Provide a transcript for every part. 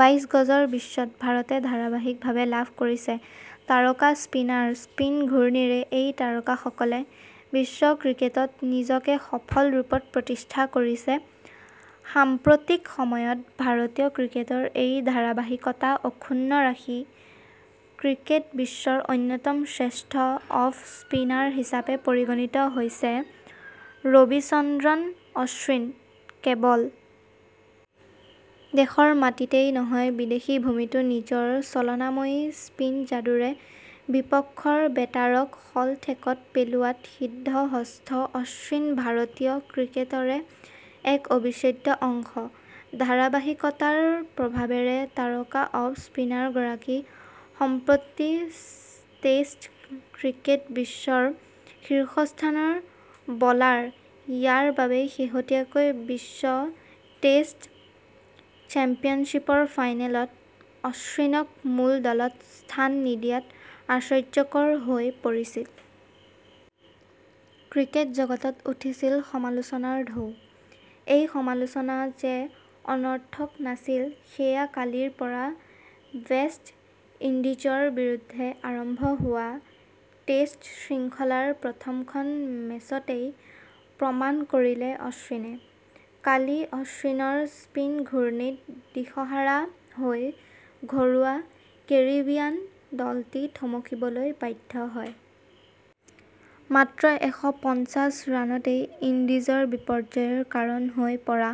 বাইছ গজৰ বিশ্বত ভাৰতে ধাৰাবাহিকভাৱে লাভ কৰিছে তাৰকা স্পিনাৰ স্পীন ঘূৰ্ণীৰে এই তাৰকাসকলে বিশ্ব ক্ৰিকেটত নিজকে সফল ৰূপত প্ৰতিষ্ঠা কৰিছে। সাম্প্ৰতিক সময়ত ভাৰতীয় ক্ৰিকেটৰ এই ধাৰাবাহিকতা অক্ষুণ্ণ ৰাখি ক্ৰিকেট বিশ্বৰ অন্যতম শ্ৰেষ্ঠ অফ স্পিনাৰ হিচাপে পৰিগণিত হৈছে ৰবিচন্দ্ৰন অশ্বিন। কেৱল দেশৰ মাটিতে নহয় বিদেশী ভূমিতো নিজৰ চলনাময়ী স্পীন যাদুৰে বিপক্ষৰ বেটাৰক শলঠেকত পেলোৱাত সিদ্ধ হস্ত অশ্বিন ভাৰতীয় ক্ৰিকেটৰে এক অবিচ্ছেদ্য অংশ ।ধাৰাবাহিকতাৰ প্ৰভাৱেৰে তাৰকা অফ স্পিনাৰগৰাকী সম্প্ৰতি টেষ্ট ক্ৰিকেটত বিশ্বৰ শীৰ্ষস্থানৰ বলাৰইয়াৰ বাবেই শেহতীয়াকৈ বিশ্ব টেষ্ট চেম্পিয়নশ্বিপৰ ফাইনেলত অশ্বিনক মূল দলত স্থান নিদিয়াত আশ্চৰ্যকৰ হৈ পৰিছিল। ক্ৰিকেট জগতত উঠিছিল সমালোচনাৰ ঢৌ। এই সমালোচনা যে অনৰ্থক নাছিল সেয়া কালিৰ পৰা ৱেষ্ট ইণ্ডিজৰ বিৰুদ্ধে আৰম্ভ হোৱা টেষ্ট শৃংখলাৰ প্ৰথমখন মেচতে প্ৰমাণ কৰিলে অশ্বিনে। কালি অশ্বিনৰ স্পীন ঘূৰ্ণীত দিশহাৰা হৈ ঘৰুৱা কেৰিবিয়ান দলটি থমকিবলৈ বাধ্য হয়। মাত্ৰ এশ পঞ্চাছ ৰানতেৱেষ্ট ইণ্ডিজৰ বিপৰ্যয়ৰ কাৰণ হৈ পৰা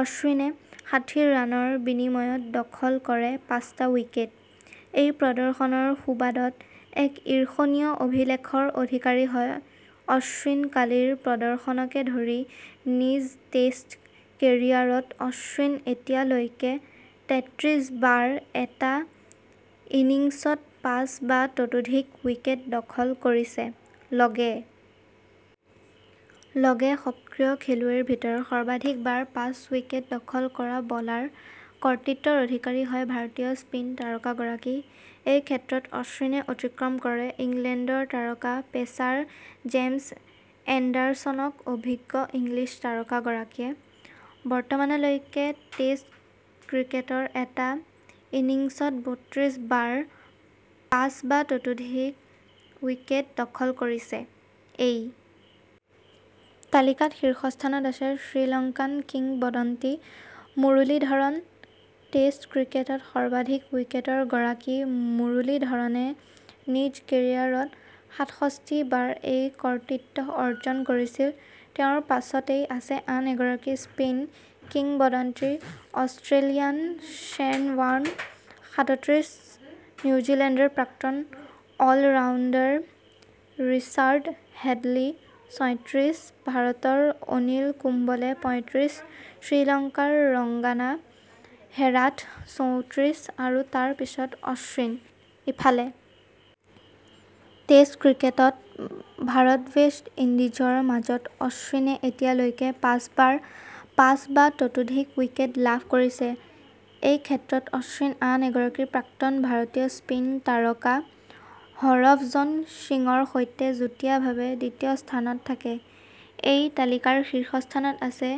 অশ্বিনে ষাঠি ৰানৰ বিনিময়ত দখল কৰে পাঁচটা উইকেট। এই প্ৰদৰ্শনৰ সুবাদত এক ঈৰ্ষণীয় অভিলেখৰ অধিকাৰী হয় অশ্বিন কালিৰ প্ৰদৰ্শনকে ধৰি নিজ টেষ্ট কেৰিয়াৰত অশ্বিনে এতিয়ালৈকে তেতত্ৰিছ বাৰ এটা ইনিংছত পাঁচ বা তাতোধিক উইকেট দখল কৰিছে। লগে লগে সক্ৰিয় খেলুৱৈৰ ভিতৰত সৰ্বাধিক বাৰ পাঁচ উইকেট দখল কৰা বলাৰৰ কৃতিত্বৰ অধিকাৰী হয় ভাৰতীয় স্পীন তাৰকাগৰাকী। এই ক্ষেত্ৰত অশ্বিনে অতিক্ৰম কৰে ইংলেণ্ডৰ তাৰকা পেচাৰ জেমচ এণ্ডাৰছনক অভিজ্ঞ ইংলিছ তাৰকাগৰাকীয়ে। বৰ্তমানলৈকে টেষ্ট ক্ৰিকেটৰ এটা ইনিংছত বত্ৰিশ বাৰ পাঁচ বা তাতোধিক উইকেট দখল কৰিছে। এই তালিকাত শীৰ্ষস্থানত আছে শ্ৰীলংকান কিংবদন্তি মুৰুলীধৰণ টেষ্ট ক্ৰিকেটত সৰ্বাধিক উইকেটৰ গৰাকী মুৰুলীধৰণে নিজ কেৰিয়াৰত সাতষষ্ঠি বাৰ এই কৃতিত্ব অৰ্জন কৰিছিল। তেওঁৰ পিছতে আছে আন এগৰাকী স্পীন কিংবদন্তি অষ্ট্ৰেলিয়াৰ শ্বেন ৱাৰ্ণ সাতত্ৰিছ নিউজিলেণ্ডৰ প্ৰাক্তন অল ৰাউণ্ডাৰ ৰিচাৰ্ড হেডলী ছয়ত্ৰিছ ভাৰতৰ অনিল কুম্বলে পয়ত্ৰিছ শ্ৰীলংকাৰ ৰঙ্গনা হেৰাথ চৌত্ৰিছ আৰু তাৰ পিছত অশ্বিন। ইফালে টেষ্ট ক্ৰিকেটত ভাৰতৱেষ্ট ইণ্ডিজৰ মাজত অশ্বিনে এতিয়ালৈকে পাঁচবাৰ পাঁচ বা তাতোধিক উইকেট লাভ কৰিছে। এই ক্ষেত্ৰত অশ্বিন আন এগৰাকী প্ৰাক্তন ভাৰতীয় স্পীন তাৰকা হৰভজন সিঙৰ সৈতে যুটীয়াভাৱে দ্বিতীয় স্থানত থাকে। এই তালিকাৰ শীৰ্ষস্থানত আছে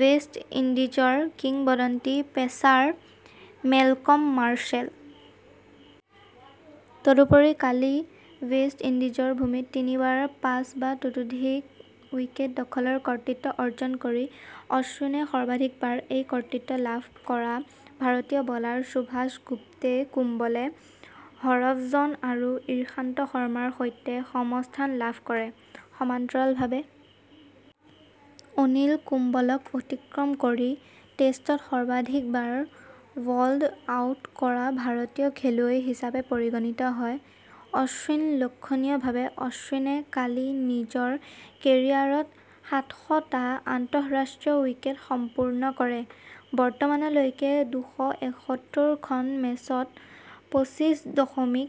ৱেষ্ট ইণ্ডিজৰ কিংবদন্তী পেচাৰ মেলকম মাৰ্শ্বেল । তদুপৰি কালি ৱেষ্ট ইণ্ডিজৰ ভূমিত তিনিবাৰ পাঁচ বা তাতোধিক উইকেট দখলৰ কৃতিত্ব অৰ্জন কৰি অশ্বিনে সৰ্বাধিকবাৰ এই কৃতিত্ব লাভ কৰা ভাৰতীয় বলাৰ সুভাষ গুপ্তে কুম্বলে হৰভজন আৰু ঈশান্ত শৰ্মাৰ সৈতে সমস্থান লাভ কৰে। সমান্তৰালভাৱে অনিল কুম্বলেক অতিক্ৰম কৰি টেষ্টত সৰ্বাধিকবাৰ বল্ড আউট কৰা ভাৰতীয় খেলুৱৈ হিচাপে পৰিগণিত হয় ।অশ্বিন লক্ষণীয়ভাৱে অশ্বিনে কালি নিজৰ কেৰিয়াৰত সাতশটা আন্তঃৰাষ্ট্ৰীয় উইকেট সম্পূৰ্ণ কৰে। বৰ্তমানলৈকে দুশ এসত্তৰ খন মেচত পঁচিছ দশমিক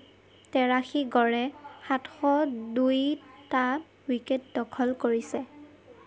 তেৰাশী গড়ে সাতশ দুই টা উইকেট দখল কৰিছে।